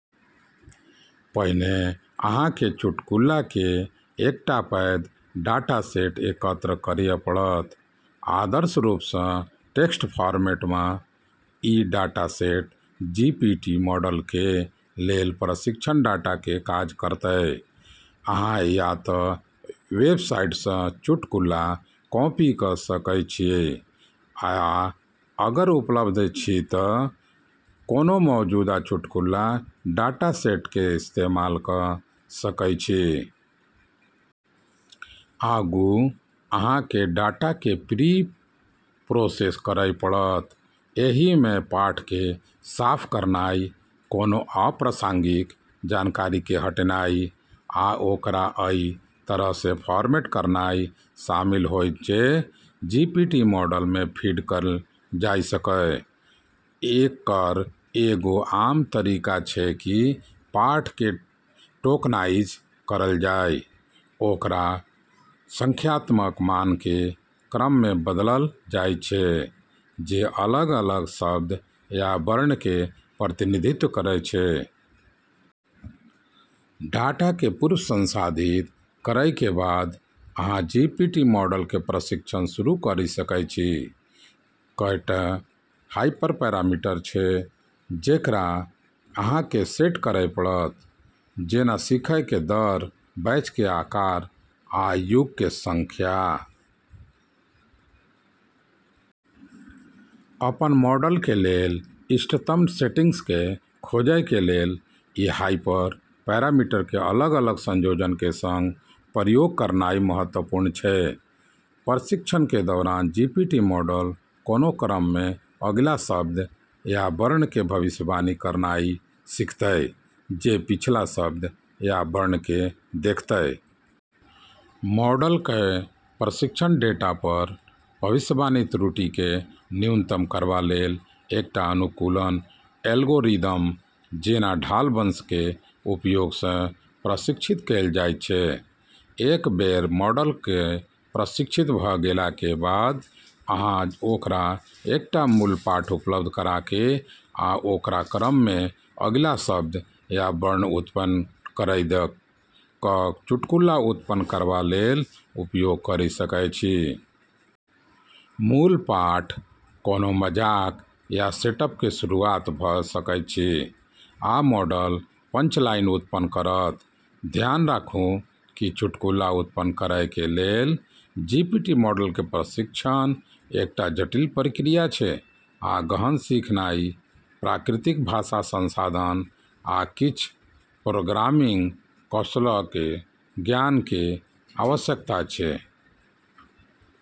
पहिने अहाँके चुटकुलाके एकटा पैघ डाटासेट एकत्र करय पड़त, आदर्श रूपसँ टेक्स्ट फॉर्मेटमे। ई डाटासेट जीपीटी मॉडलके लेल प्रशिक्षण डाटाके काज करतै। अहाँ या त' वेबसाइट सँ चुटकुला कॉपी क' सकय छी या अगर उपलब्ध अछि त' कोनो मौजूदा चुटकुला डाटासेटके इस्तेमाल क' सकय छी । आगू, अहाँके डाटाके प्री- प्रोसेस करय पड़त । एहिमे पाठके साफ करनाइ, कोनो अप्रासंगिक जानकारीके हटेनाइ, आ ओकरा अइ तरहसँ फॉर्मेट करनाइ शामिल होइत जे जीपीटी मॉडलमे फीड कैल जा सकय। एकर एगो आम तरीका छै कि पाठके टोकनाइज करल जाइ, ओकरा संख्यात्मक मानके क्रममे बदलल जाइत छै जे अलग-अलग शब्द या वर्णके प्रतिनिधित्व करै छै। डाटाके पूर्व संसाधित करैके बाद, अहाँ जीपीटी मॉडलके प्रशिक्षण शुरू करि सकै छी । कएटा हाइपर- पैरामीटर छै जेकरा अहाँके सेट करै पड़त, जेना सीखयके दर, बैचके आकार, आ युगके संख्या । अपन मॉडलके लेल इष्टतम सेटिंग्सके खोजैके लेल ई हाइपर- पैरामीटरके अलग-अलग संयोजनके सङ्ग प्रयोग करनाइ महत्वपूर्ण छै । प्रशिक्षणके दौरान जीपीटी मॉडल कोनो क्रममे अगिला शब्द या वर्णके भविष्यवाणी करनाइ सीखतै, जे पिछला शब्द या वर्णके देखतै । मॉडलके प्रशिक्षण डेटा पर भविष्यवाणी त्रुटिके न्यूनतम करबा लेल एकटा अनुकूलन एल्गोरिदम, जेना ढाल वंशके उपयोगसँ प्रशिक्षित कैल जाइत छै । एक बेर मॉडलके प्रशिक्षित भ' गेलाक बाद, अहाँ ओकरा एकटा मूल पाठ उपलब्ध कराके आ ओकरा क्रममे अगिला शब्द या वर्ण उत्पन्न करै द' क' चुटकुला उत्पन्न करबा लेल उपयोग करि सकै छी । मूल पाठ कोनो मजाक या सेटअपके शुरुआत भ' सकैत अछि, आ मॉडल पंचलाइन उत्पन्न करत। धियान राखु, कि चुटकुला उत्पन्न करैके लेल जीपीटी मॉडलके प्रशिक्षण एकटा जटिल प्रक्रिया छै, आ गहन सिखनाइ, प्राकृतिक भाषा संसाधन, आ किछ प्रोग्रामिंग कौशलक ज्ञानके आवश्यकता छै।